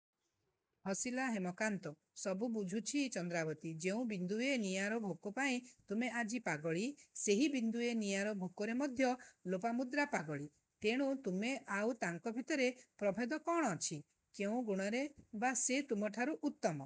'' ହସିଲା ହେମକାନ୍ତ-''ସବୁ ବୁଝୁଛି ଚନ୍ଦ୍ରାବତୀ.. ଯେଉଁ ବିନ୍ଦୁଏ ନିଆଁର ଭୋକ ପାଇଁ ତୁମେ ଆଜି ପାଗଳୀ ସେହି ବିନ୍ଦୁଏ ନିଆଁର ଭୋକରେ ମଧ୍ୟ ଲୋପାମୁଦ୍ରା ପାଗଳୀ। ତେଣୁ ତୁମେ ଆଉ ତାଙ୍କ ଭିତରେ ପ୍ରଭେଦ କ'ଣ ଅଛି? କେଉଁ ଗୁଣରେ ବା ସେ ତୁମଠାରୁ ଉତ୍ତମ?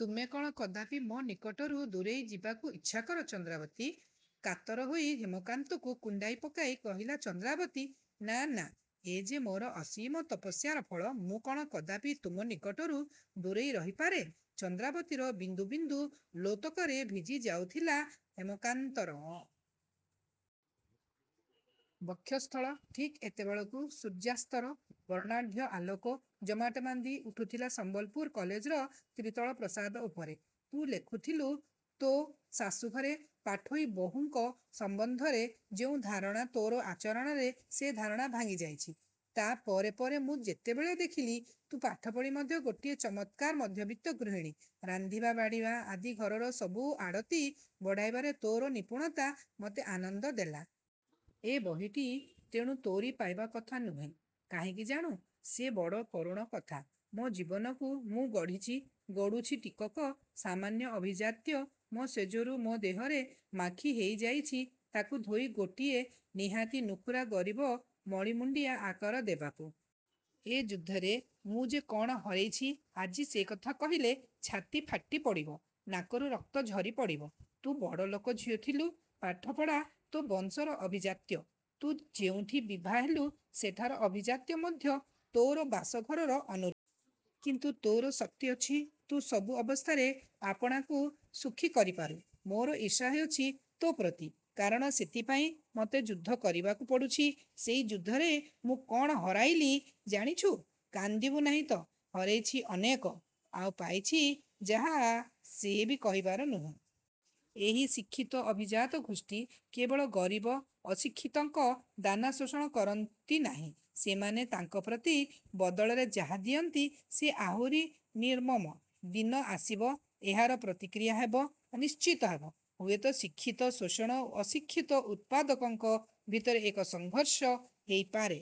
ତୁମେ କ'ଣ କଦାପି ମୋ ନିକଟରୁ ଦୂରେଇ ଯିବାକୁ ଇଚ୍ଛାକର ଚନ୍ଦ୍ରାବତୀ? '' କାତର ହୋଇ ହେମକାନ୍ତକୁ କୁଣ୍ଢାଇ ପକାଇ କହିଲା ଚନ୍ଦ୍ରାବତୀ-''ନାଁ ନାଁ ଏ ଯେ ମୋର ଅସୀମ ତପସ୍ୟାର ଫଳ। ମୁଁ କ'ଣ କଦାପି ତୁମ ନିକଟରୁ ଦୂରେଇ ରହିପାରେ? '' ଚନ୍ଦ୍ରାବତୀର ବିନ୍ଦୁ ବିନ୍ଦୁ ଲୋତକରେ ଭିଜି ଯାଉଥିଲା ହେମକାନ୍ତର ବକ୍ଷସ୍ଥଳ ଠିକ୍ ଏତେବେଳକୁ ସୂର୍ଯ୍ୟାସ୍ତର ବର୍ଣ୍ଣାଢ଼୍ୟ ଆଲୋକ ଜମାଟବାନ୍ଧି ଉଠୁଥିଲା ସମ୍ବଲପୁର କଲେଜର ତ୍ରିତଳ ପ୍ରାସାଦ ଉପରେ। ତୁ ଲେଖିଥିଲୁ, ତୋ ଶାଶୂଘରେ ପାଠୋଇ ବୋହୂଙ୍କ ସମ୍ୱନ୍ଧରେ ଯେଉଁ ଧାରଣା ତୋର ଆଚରଣରେ ସେ ଧାରଣା ଭାଙ୍ଗି ଯାଇଛି। ତା' ପରେ ପରେ ମୁଁ ଯେତେବେଳେ ଦେଖିଲି, ତୁ ପାଠପଢ଼ି ମଧ୍ୟ ଗୋଟିଏ ଚମତ୍କାର ମଧ୍ୟବିତ୍ତ ଗୃହିଣୀ-ରାନ୍ଧିବା ବାଢ଼ିବା ଆଦି ଘରର ସବୁ ଆଡ଼ତି ବଢ଼ାଇବାରେ ତୋର ନିପୁଣତା ମୋତେ ଆନନ୍ଦ ଦେଲା। ଏ ବହିଟି ତେଣୁ ତୋରି ପାଇବା କଥା। ନୁହେଁ? କାହିଁକି ଜାଣୁ। ସେ ବଡ଼ କରୁଣ କଥା। ମୋ ଜୀବନକୁ ମୁଁ ଗଢ଼ିଛି-ଗଢ଼ୁଛି ଟିକକ ସାମାନ୍ୟ ଆଭିଜାତ୍ୟ ମୋ ଶେଯରୁ ମୋ ଦେହରେ ମାଖି ହେଇଯାଇଛି ତାକୁ ଧୋଇ ଗୋଟିଏ ନିହାତି ନୁଖୁରା ଗରିବ ମଳିମୁଣ୍ଡିଆ ଆକାର ଦେବାକୁ। ଏ ଯୁଦ୍ଧରେ ମୁଁ ଯେ କ'ଣ ହରେଇଚି ଆଜି ସେ କଥା କହିଲେ ଛାତି ଫାଟି ପଡ଼ିବ। ନାକରୁ ରକ୍ତ ଝରି ପଡ଼ିବ। ତୁ ବଡ଼ଲୋକ ଝିଅ ଥିଲୁ-ପାଠ ପଢ଼ା ତୋ ବଂଶର ଆଭିଜାତ୍ୟ। ତୁ ଯେଉଁଠି ବିଭା ହେଲୁ ସେଠାର ଆଭିଜାତ୍ୟ ମଧ୍ୟ ତୋର ବାସ ଘରର ଅନୁରୂପ। କିନ୍ତୁ ତୋର ଶକ୍ତି ଅଛି ତୁ ସବୁ ଅବସ୍ଥାରେ ଆପଣାକୁ ସୁଖୀ କରିପାରୁ। ମୋର ଈର୍ଷା ହେଉଛି ତୋ ପ୍ରତି। କାରଣ ସେଥିପାଇଁ ମୋତେ ଯୁଦ୍ଧ କରିବାକୁ ପଡ଼ୁଛି। ସେଇ ଯୁଦ୍ଧରେ ମୁଁ କ'ଣ ହରାଇଲି ଜାଣିଛୁ? କାନ୍ଦିବୁ ନାହିଁ ତ? ହରେଇଛି ଅନେକ-ଆଉ ପାଇଛି ଯାହା-ଆଃ-ସେ ବି କହିବାର ନୁହେଁ। ଏହି ଶିକ୍ଷିତ ଅଭିଜାତ ଗୋଷ୍ଠୀ କେବଳ ଗରିବ ଅଶିକ୍ଷିତଙ୍କ ଦାନା ଶୋଷଣ କରନ୍ତି ନାହିଁ-ସେମାନେ ତାଙ୍କ ପ୍ରତି ବଦଳରେ ଯାହା ଦିଅନ୍ତି ସେ ଆହୁରି ନିର୍ମମ। ଦିନ ଆସିବ-ଏହାର ପ୍ରତିକ୍ରିୟା ହେବ। ନିଶ୍ଚିତ ହେବ। ହୁଏତ ଶିକ୍ଷିତ ଶୋଷଣ ଓ ଅଶିକ୍ଷିତ ଉତ୍ପାଦକଙ୍କ ଭିତରେ ଏକ ସଂଘର୍ଷ ହେଇପାରେ।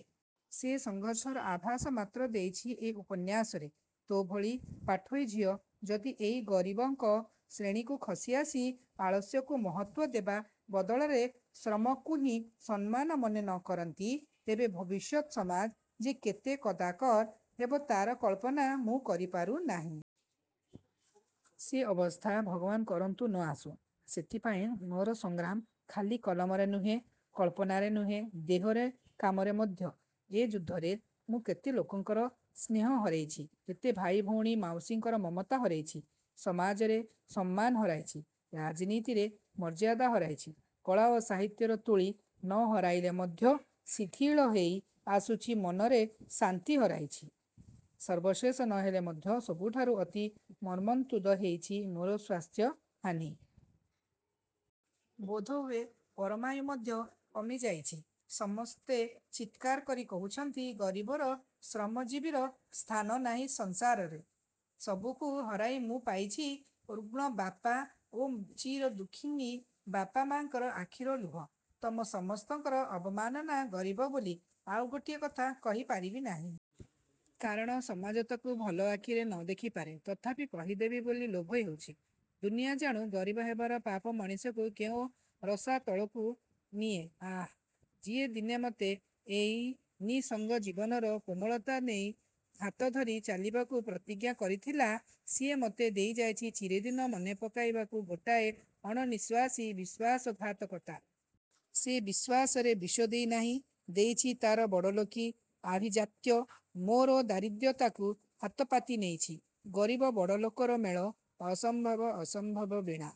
ସେ ସଂଘର୍ଷର ଆଭାସ ମାତ୍ର ଦେଇଛି ଏ ଉପନ୍ୟାସରେ। ତୋ ଭଳି ପାଠୋଇ ଝିଅ ଯଦି ଏଇ ଗରିବଙ୍କ ଶ୍ରେଣୀକୁ ଖସି ଆସି, ଆଳସ୍ୟକୁ ମହତ୍ତ୍ୱ ଦେବା ବଦଳରେ ଶ୍ରମକୁହିଁ ସମ୍ମାନ ମନେ ନ କରନ୍ତି ତେବେ ଭବିଷ୍ୟତ୍ ସମାଜ ଯେ କେତେ କଦାକର ହେବ ତା'ର କଳ୍ପନା ମୁଁ କରିପାରୁ ନାହିଁ। ସେ ଅବସ୍ଥା ଭଗବାନ୍ କରନ୍ତୁ-ନ ଆସୁ। ସେଥିପାଇଁ ମୋର ସଂଗ୍ରାମ-ଖାଲି କଲମରେ ନୁହେଁ-କଳ୍ପନାରେ ନୁହେଁ-ଦେହରେ-କାମରେ ମଧ୍ୟ। ଏ ଯୁଦ୍ଧରେ ମୁଁ କେତେ ଲୋକଙ୍କର ସ୍ନେହ ହରେଇଛି-କେତେ ଭାଇ ଭଉଣୀ ମାଉସୀଙ୍କର ମମତା ହରେଇଛି-ସମାଜରେ ସମ୍ମାନ ହରାଇଛି-ରାଜନୀତିରେ ମର୍ଯ୍ୟାଦା ହରାଇଛି-କଳା ଓ ସାହିତ୍ୟର ତୂଳି ନ ହରାଇଲେ ମଧ୍ୟ ଶିଥିଳ ହେଇ ଆସୁଛି-ମନରେ ଶାନ୍ତି ହରାଇଛି-ସର୍ବଶେଷ ନ ହେଲେ ମଧ୍ୟ ସବୁଠାରୁ ଅତି ମର୍ମନ୍ତୁଦ ହେଇଛି-ମୋର ସ୍ୱାସ୍ଥ୍ୟ ହାନି। ବୋଧହୁଏ ପରମାୟୁ ମଧ୍ୟ କମିଯାଇଛି। ସମସ୍ତେ ଚିତ୍କାର କରି କହୁଛନ୍ତି-ଗରିବର-ଶ୍ରମଜୀବୀର ସ୍ଥାନ ନାହିଁ ସଂସାରରେ। ସବୁକୁ ହରାଇ ମୁଁ ପାଇଛି ରୁଗ୍ଣ ବାପା ଓ ଚିର ଦୁଃଖିନୀ ବାପା ମାଙ୍କର ଆଖିର ଲୁହ-ତମ ସମସ୍ତଙ୍କର ଅବମାନନା ଗରିବ ବୋଲି। ଆଉ ଗୋଟିଏ କଥା କହି ପାରିବି ନାହିଁ। କାରଣ ସମାଜ ତାକୁ ଭଲ ଆଖିରେ ନ ଦେଖି ପାରେ। ତଥାପି କହିଦେବି ବୋଲି ଲୋଭ ହେଉଛି। ଦୁନିଆ ଜାଣୁ-ଗରିବ ହେବାର ପାପ ମଣିଷକୁ କେଉଁ ରସାତଳକୁ ନିଏ-ଆଃ! ଯିଏ ଦିନେ ମୋତେ ଏଇ ନିଃସଙ୍ଗ ଜୀବନର କୋମଳତା ନେଇ ହାତ ଧରି ଚାଲିବାକୁ ପ୍ରତିଜ୍ଞା କରିଥିଲା-ସେ ମୋତେ ଦେଇ ଯାଇଛି ଚିରଦିନ ମନେପକାଇବାକୁ-ଗୋଟାଏ ଅଣନିଃଶ୍ୱାସୀ ବିଶ୍ୱାସଘାତକତା। ସେ ବିଶ୍ୱାସରେ ବିଷ ଦେଇ ନାହିଁ-ଦେଇଛି ତା'ର ବଡ଼ଲୋକୀ-ଆଭିଜାତ୍ୟ। ମୋର ଦାରିଦ୍ର୍ୟତାକୁ ହାତ ପାତି ନେଇଛି। ଗରିବ ବଡ଼ଲୋକର ମେଳ ଅସମ୍ଭବ-ଅସମ୍ଭବ ବୀଣା।